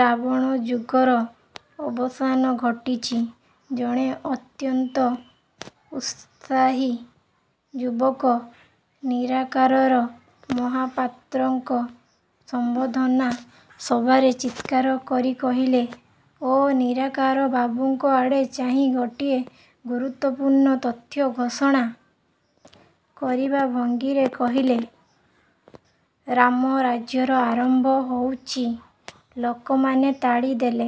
"ରାବଣ ଯୁଗର ଅବସାନ ଘଟିଛି," ଜଣେ ଅତ୍ୟନ୍ତ ଉତ୍ସାହୀ ଯୁବକ ନିରାକାରର ମହାପାତ୍ରଙ୍କ ସମ୍ବର୍ଦ୍ଧନା ସଭାରେ ଚିତ୍କାର କରି କହିଲେ ଓ ନିରାକାର ବାବୁଙ୍କ ଆଡ଼େ ଚାହିଁ ଗୋଟିଏ ଗୁରୁତ୍ୱପୂର୍ଣ୍ଣ ତଥ୍ୟ ଘୋଷଣା କରିବା ଭଙ୍ଗୀରେ କହିଲେ, "ରାମରାଜ୍ୟର ଆରମ୍ଭ ହଉଚି। "ଲୋକମାନେ ତାଳି ଦେଲେ।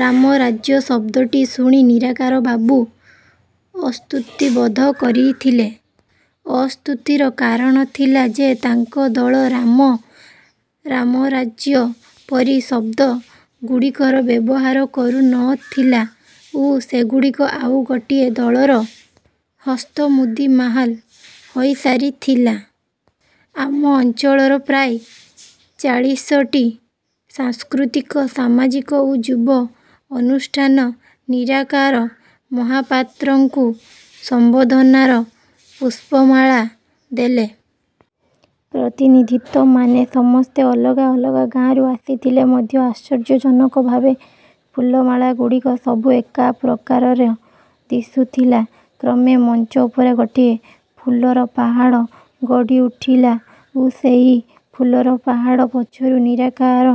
'ରାମରାଜ୍ୟ' ଶବ୍ଦଟି ଶୁଣି ନିରାକାରବାବୁ ଅସ୍ତୁସ୍ତି ବୋଧ କରିଥିଲେ। ଅସ୍ତୁସ୍ତିର କାରଣ ଥିଲା ଯେ ତାଙ୍କ ଦଳ 'ରାମ', 'ରାମରାଜ୍ୟ' ପରି ଶବ୍ଦଗୁଡ଼ିକର ବ୍ୟବହାର କରୁ ନ ଥିଲା ଓ ସେଗୁଡ଼ିକ ଆଉ ଗୋଟିଏ ଦଳର ହସ୍ତମୁଦି ମାହାଲ ହୋଇସାରିଥିଲା। ଆମ ଅଞ୍ଚଳର ପ୍ରାୟ ଚାଳିଶଟି ସାଂସ୍କୃତିକ, ସାମାଜିକ ଓ ଯୁବ ଅନୁଷ୍ଠାନ ନିରାକାର ମହାପାତ୍ରଙ୍କୁ ସମ୍ବର୍ଦ୍ଧନାର ପୁଷ୍ପମାଲ୍ୟ ଦେଲେ। ପ୍ରତିନିଧିତ୍ୱମାନେ ସମସ୍ତେ ଅଲଗା ଅଲଗା ଗାଁରୁ ଆସିଥିଲେ ମଧ୍ୟ ଆଶ୍ଚର୍ଯ୍ୟଜନକ ଭାବେ ଫୁଲମାଳାଗୁଡ଼ିକ ସବୁ ଏକାପ୍ରକାର ଦିଶୁଥିଲା। କ୍ରମେ ମଞ୍ଚ ଉପରେ ଗୋଟିଏ ଫୁଲର ପାହାଡ଼ ଗଢ଼ି ଉଠିଲା ଓ ସେହି ଫୁଲର ପାହାଡ଼ ପଛରୁ ନିରାକାର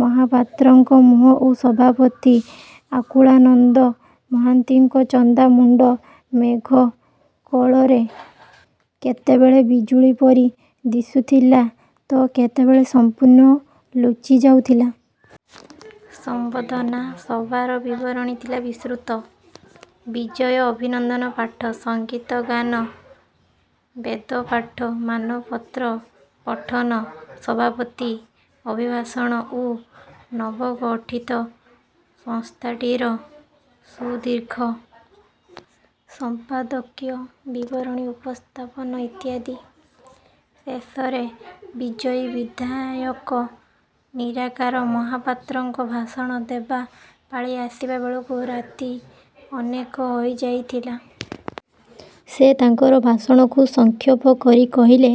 ମହାପାତ୍ରଙ୍କ ମୁହଁ ଓ ସଭାପତି ଆକୁଳାନନ୍ଦ ମହାନ୍ତିଙ୍କ ଚନ୍ଦାମୁଣ୍ଡ ମେଘ କୋଳରେ କେତେବେଳେ ବିଜୁଳି ପରି ଦିଶୁଥିଲା ତ କେତେବେଳେ ସମ୍ପୂର୍ଣ୍ଣ ଲୁଚି ଯାଉଥିଲା। ସମ୍ବର୍ଦ୍ଧନା ସଭାର ବିବରଣୀ ଥିଲା ବିସ୍ତୃତ। ବିଜୟ ଅଭିନନ୍ଦନ ପାଠ, ସଙ୍ଗୀତ ଗାନ, ବେଦପାଠ, ମାନପତ୍ର ପଠନ, ସଭାପତି ଅଭିଭାଷଣ ଓ ନବଗଠିତ ସଂସ୍ଥାଟିର ସୁଦୀର୍ଘ ସମ୍ପାଦକୀୟ ବିବରଣୀ ଉପସ୍ଥାପନ ଇତ୍ୟାଦି। ଶେଷରେ ବିଜୟୀ ବିଧାୟକ ନିରାକାର ମହାପାତ୍ରଙ୍କ ଭାଷଣ ଦେବା ପାଳି ଆସିବା ବେଳକୁ ରାତି ଅନେକ ହୋଇଯାଇଥିଲା। ସେ ତାଙ୍କର ଭାଷଣକୁ ସଂକ୍ଷେପ କରି କହିଲେ,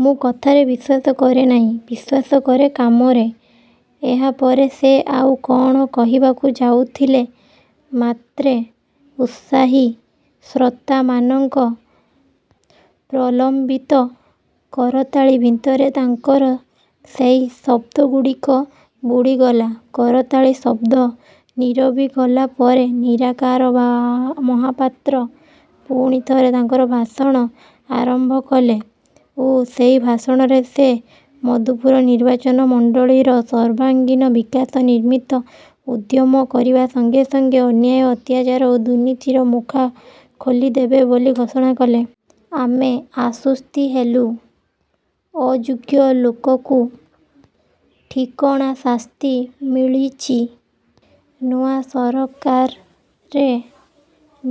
"ମୁଁ କଥାରେ ବିଶ୍ୱାସ କରେ ନାହିଁ, ବିଶ୍ୱାସ କରେ କାମରେ। "ଏହାପରେ ସେ ଆଉ କ'ଣ କହିବାକୁ ଯାଉଥିଲେ, ମାତ୍ରେ ଉତ୍ସାହୀ ଶ୍ରୋତାମାନଙ୍କ ପ୍ରଲମ୍ବିତ କରତାଳି ଭିତରେ ତାଙ୍କର ସେଇ ଶବ୍ଦଗୁଡ଼ିକ ବୁଡ଼ିଗଲା। କରତାଳି ଶବ୍ଦ ନୀରବି ଗଲା ପରେ ନିରାକାର ମହା ମହାପାତ୍ର ପୁଣିଥରେ ତାଙ୍କର ଭାଷଣ ଆରମ୍ଭ କଲେ ଓ ସେ ଭାଷଣରେ ସେ ମଧୁପୁର ନିର୍ବାଚନ ମଣ୍ଡଳୀର ସର୍ବାଙ୍ଗୀନ ବିକାଶ ନିମିତ ନଉଦ୍ୟମ କରିବା ସଙ୍ଗେ ସଙ୍ଗେ ଅନ୍ୟାୟ, ଅତ୍ୟାଚାର ଓ ଦୁର୍ନୀତିର ମୁଖା ଖୋଲିଦେବେ ବୋଲି ଘୋଷଣା କଲେ। ଆମେ ଆଶ୍ୱସ୍ତି ହେଲୁ। ଅଯୋଗ୍ୟ ଲୋକକୁ ଠିକଣା ଶାସ୍ତି ମିଳିଛି। ନୂଆ ସରକାରରେ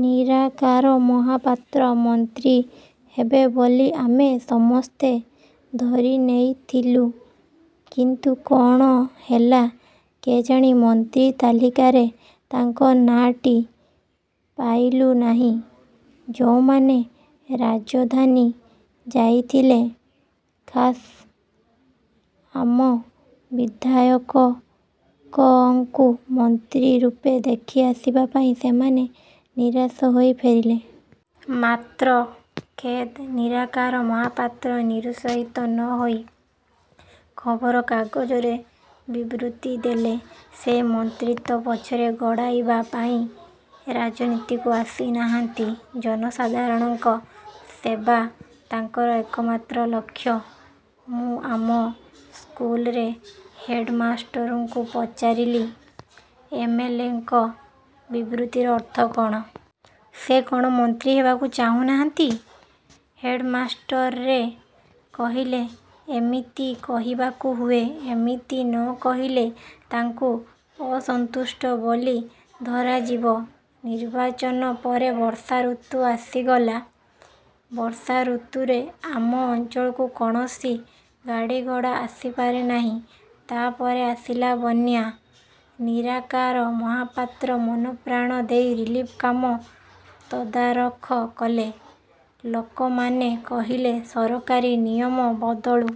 ନିରାକାର ମହାପାତ୍ର ମନ୍ତ୍ରୀ ହେବେ ବୋଲି ଆମେ ସମସ୍ତେ ଧରି ନେଇଥିଲୁ। କିନ୍ତୁ କ'ଣ ହେଲା କେଜାଣି, ମନ୍ତ୍ରୀ ତାଲିକାରେ ତାଙ୍କ ନାଁଟି ପାଇଲୁ ନାହିଁ। ଯୋଉମାନେ ରାଜଧାନୀ ଯାଇଥିଲେ, ଖାସ୍ ଆମ ବିଧାୟକକଙ୍କୁ ମନ୍ତ୍ରୀ ରୂପେ ଦେଖି ଆସିବା ପାଇଁ, ସେମାନେ ନିରାଶ ହୋଇ ଫେରିଲେ। ମାତ୍ର ଖେଦ୍ ନିରାକାର ମହାପାତ୍ର ନିରୁତ୍ସାହିତ ନ ହୋଇ ଖବରକାଗଜରେ ବିବୃତି ଦେଲେ, ସେ ମନ୍ତ୍ରୀତ୍ୱ ପଛରେ ଗୋଡ଼ାଇବା ପାଇଁ ରାଜନୀତିକୁ ଆସିନାହାଁନ୍ତି, ଜନସାଧାରଣଙ୍କ ସେବା ତାଙ୍କର ଏକମାତ୍ର ଲକ୍ଷ୍ୟ। ମୁଁ ଆମ ସ୍କୁଲରେ ହେଡ୍‌ମାଷ୍ଟରଙ୍କୁ ପଚାରିଲି, "ଏମ୍. ଏଲ୍. ଙ୍କ ବିବୃତିର ଅର୍ଥ କ'ଣ? ସେ କ'ଣ ମନ୍ତ୍ରୀ ହେବାକୁ ଚାହୁଁ ନାହାନ୍ତି? "ହେଡ୍‌ମାଷ୍ଟରେ କହିଲେ, "ଏମିତି କହିବାକୁ ହୁଏ। ଏମିତି ନ କହିଲେ ତାଙ୍କୁ ଅସନ୍ତୁଷ୍ଟ ବୋଲି ଧରାଯିବ।"ନିର୍ବାଚନ ପରେ ବର୍ଷାଋତୁ ଆସିଗଲା। ବର୍ଷାଋତୁରେ ଆମ ଅଞ୍ଚଳକୁ କୌଣସି ଗାଡ଼ିଘୋଡ଼ା ଆସି ପାରେ ନାହିଁ। ତା'ପରେ ଆସିଲା ବନ୍ୟା। ନିରାକାର ମହାପାତ୍ର ମନପ୍ରାଣ ଦେଇ ରିଲିଫ୍ କାମ ତଦାରଖ କଲେ। ଲୋକମାନେ କହିଲେ, ସରକାରୀ ନିୟମ ବଦଳୁ--